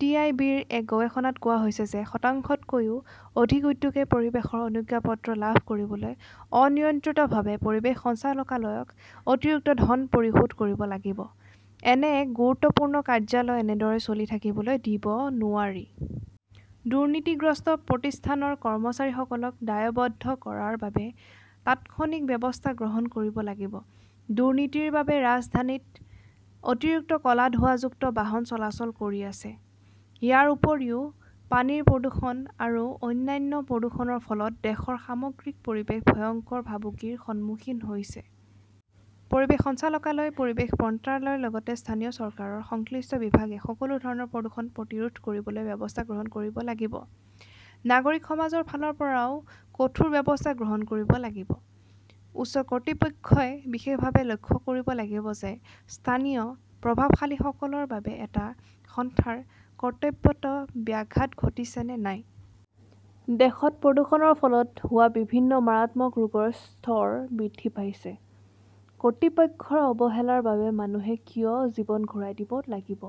T. I. B. -ৰ এক গৱেষণাত কোৱা হৈছে যে শতাংশতকৈও অধিক উদ্যোগে পৰিৱেশৰ অনুজ্ঞাপত্ৰ লাভ কৰিবলৈ অনিয়ন্ত্ৰিতভাৱে পৰিৱেশ সঞ্চালকালয়ক অতিৰিক্ত ধন পৰিশোধ কৰিব লাগিব। এনে এক গুৰুত্বপূৰ্ণ কাৰ্যালয় এনেদৰে চলি থাকিবলৈ দিব নোৱাৰি। দুৰ্নীতিগ্ৰস্ত প্ৰতিষ্ঠানৰ কৰ্মচাৰীসকলক দায়বদ্ধ কৰাৰ বাবে তাৎক্ষণিক ব্যৱস্থা গ্ৰহণ কৰিব লাগিব। দুৰ্নীতিৰ বাবে ৰাজধানীত অতিৰিক্ত ক'লা ধোঁৱাযুক্ত বাহন চলাচল কৰি আছে। ইয়াৰ উপৰিও, পানীৰ প্ৰদূষণ আৰু অন্যান্য প্ৰদূষণৰ ফলত দেশৰ সামগ্ৰিক পৰিৱেশ ভয়ংকৰ ভাবুকিৰ সন্মুখীন হৈছে। পৰিৱেশ সঞ্চালকালয়, পৰিৱেশ মন্ত্ৰালয়ৰ লগতে স্থানীয় চৰকাৰৰ সংশ্লিষ্ট বিভাগে সকলো ধৰণৰ প্ৰদূষণ প্ৰতিৰোধ কৰিবলৈ ব্যৱস্থা গ্ৰহণ কৰিব লাগিব। নাগৰিক সমাজৰ ফালৰ পৰাও কঠোৰ ব্যৱস্থা গ্ৰহণ কৰিব লাগিব। উচ্চ কৰ্তৃপক্ষই বিশেষভাৱে লক্ষ্য কৰিব লাগিব যে স্থানীয় প্ৰভাৱশালীসকলৰ বাবে এটা সন্থাৰ কৰ্তব্যত ব্যাঘাত ঘটিছে নে নাই। দেশত প্ৰদূষণৰ ফলত হোৱা বিভিন্ন মাৰাত্মক ৰোগৰ স্তৰ বৃদ্ধি পাইছে। কৰ্তৃপক্ষৰ অৱহেলাৰ বাবে মানুহে কিয় জীৱন ঘূৰাই দিব লাগিব?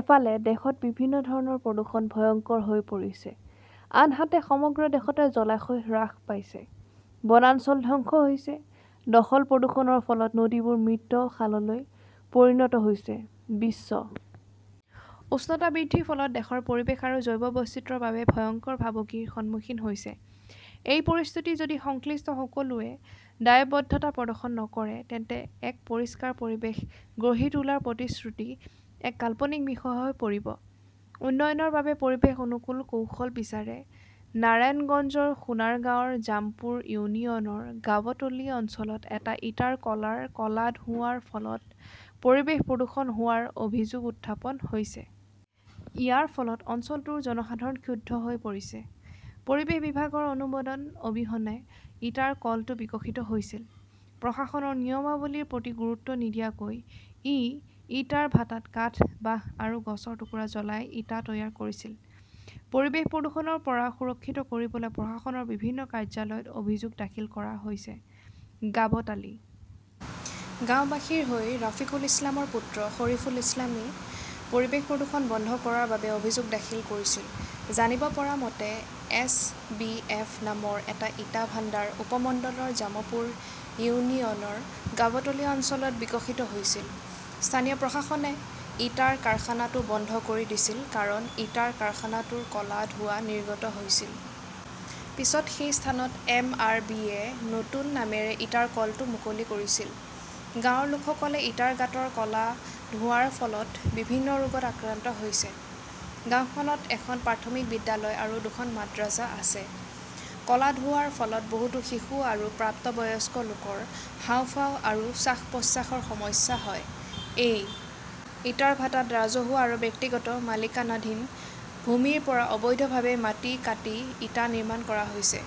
এফালে, দেশত বিভিন্ন ধৰণৰ প্ৰদূষণ ভয়ংকৰ হৈ পৰিছে, আনহাতে সমগ্ৰ দেশতে জলাশয় হ্ৰাস পাইছে, বনাঞ্চল ধ্বংস হৈছে, দখল-প্ৰদূষণৰ ফলত নদীবোৰ মৃত খাললৈ পৰিণত হৈছে। বিশ্ব উষ্ণতা বৃদ্ধিৰ ফলত দেশৰ পৰিৱেশ আৰু জৈৱ বৈচিত্ৰ্যৰ বাবে ভয়ংকৰ ভাবুকিৰ সন্মুখীন হৈছে। এই পৰিস্থিতিত যদি সংশ্লিষ্ট সকলোৱে দায়বদ্ধতা প্ৰদৰ্শন নকৰে, তেন্তে এক পৰিষ্কাৰ পৰিৱেশ গঢ়ি তোলাৰ প্ৰতিশ্ৰুতি এক কাল্পনিক বিষয় হৈ পৰিব। উন্নয়নৰ বাবে পৰিৱেশ অনুকূল কৌশল বিচাৰে নাৰায়ণগঞ্জৰ সোনাৰগাঁওৰ জামপুৰ ইউনিয়নৰ গাবটলি অঞ্চলত এটা ইটাৰ কলাৰ ক'লা ধোঁৱাৰ ফলত পৰিৱেশ প্ৰদূষণ হোৱাৰ অভিযোগ উত্থাপন হৈছে। ইয়াৰ ফলত অঞ্চলটোৰ জনসাধাৰণ ক্ষুব্ধ হৈ পৰিছে। পৰিৱেশ বিভাগৰ অনুমোদন অবিহনে ইটাৰ কলটো বিকশিত হৈছিল। প্ৰশাসনৰ নিয়মাৱলীৰ প্ৰতি গুৰুত্ব নিদিয়াকৈ ই ইটাৰ ভাটাত কাঠ, বাঁহ আৰু গছৰ টুকুৰা জ্বলাই ইটা তৈয়াৰ কৰিছিল। পৰিৱেশ প্ৰদূষণৰ পৰা সুৰক্ষিত কৰিবলৈ প্ৰশাসনৰ বিভিন্ন কাৰ্যালয়ত অভিযোগ দাখিল কৰা হৈছে। গাবটালী গাওঁবাসীৰ হৈ ৰাফিকুল ইছলামৰ পুত্ৰ শৰিফুল ইছলামই পৰিৱেশ প্ৰদূষণ বন্ধ কৰাৰ বাবে অভিযোগ দাখিল কৰিছিল। জানিব পৰা মতে, এছ. বি. এফ. নামৰ এটা ইটা ভাণ্ডাৰ উপমণ্ডলৰ জামপুৰ ইউনিয়নৰ গাবটলি অঞ্চলত বিকশিত হৈছিল। স্থানীয় প্ৰশাসনে ইটাৰ কাৰখানাটো বন্ধ কৰি দিছিল কাৰণ ইটাৰ কাৰখানাটোৰ ক'লা ধোঁৱা নিৰ্গত হৈছিল। পিছত সেই স্থানত এম. আৰ. বি. -য়ে নতুন নামেৰে ইটাৰ কলটো মুকলি কৰিছিল। গাঁৱৰ লোকসকলে ইটাৰ গাঁতৰ ক'লা ধোঁৱাৰ ফলত বিভিন্ন ৰোগত আক্ৰান্ত হৈছে। গাওঁখনত এখন প্ৰাথমিক বিদ্যালয় আৰু দুখন মাদ্ৰাজা আছে। ক'লা ধোঁৱাৰ ফলত বহুতো শিশু আৰু প্ৰাপ্তবয়স্ক লোকৰ হাঁওফাঁও আৰু শ্বাস-প্ৰশ্বাসৰ সমস্যা হয়। এই ইটাৰ ভাটাত ৰাজহুৱা আৰু ব্যক্তিগত মালিকানাধীন ভূমিৰ পৰা অবৈধভাৱে মাটি কাটি ইটা নিৰ্মাণ কৰা হৈছে।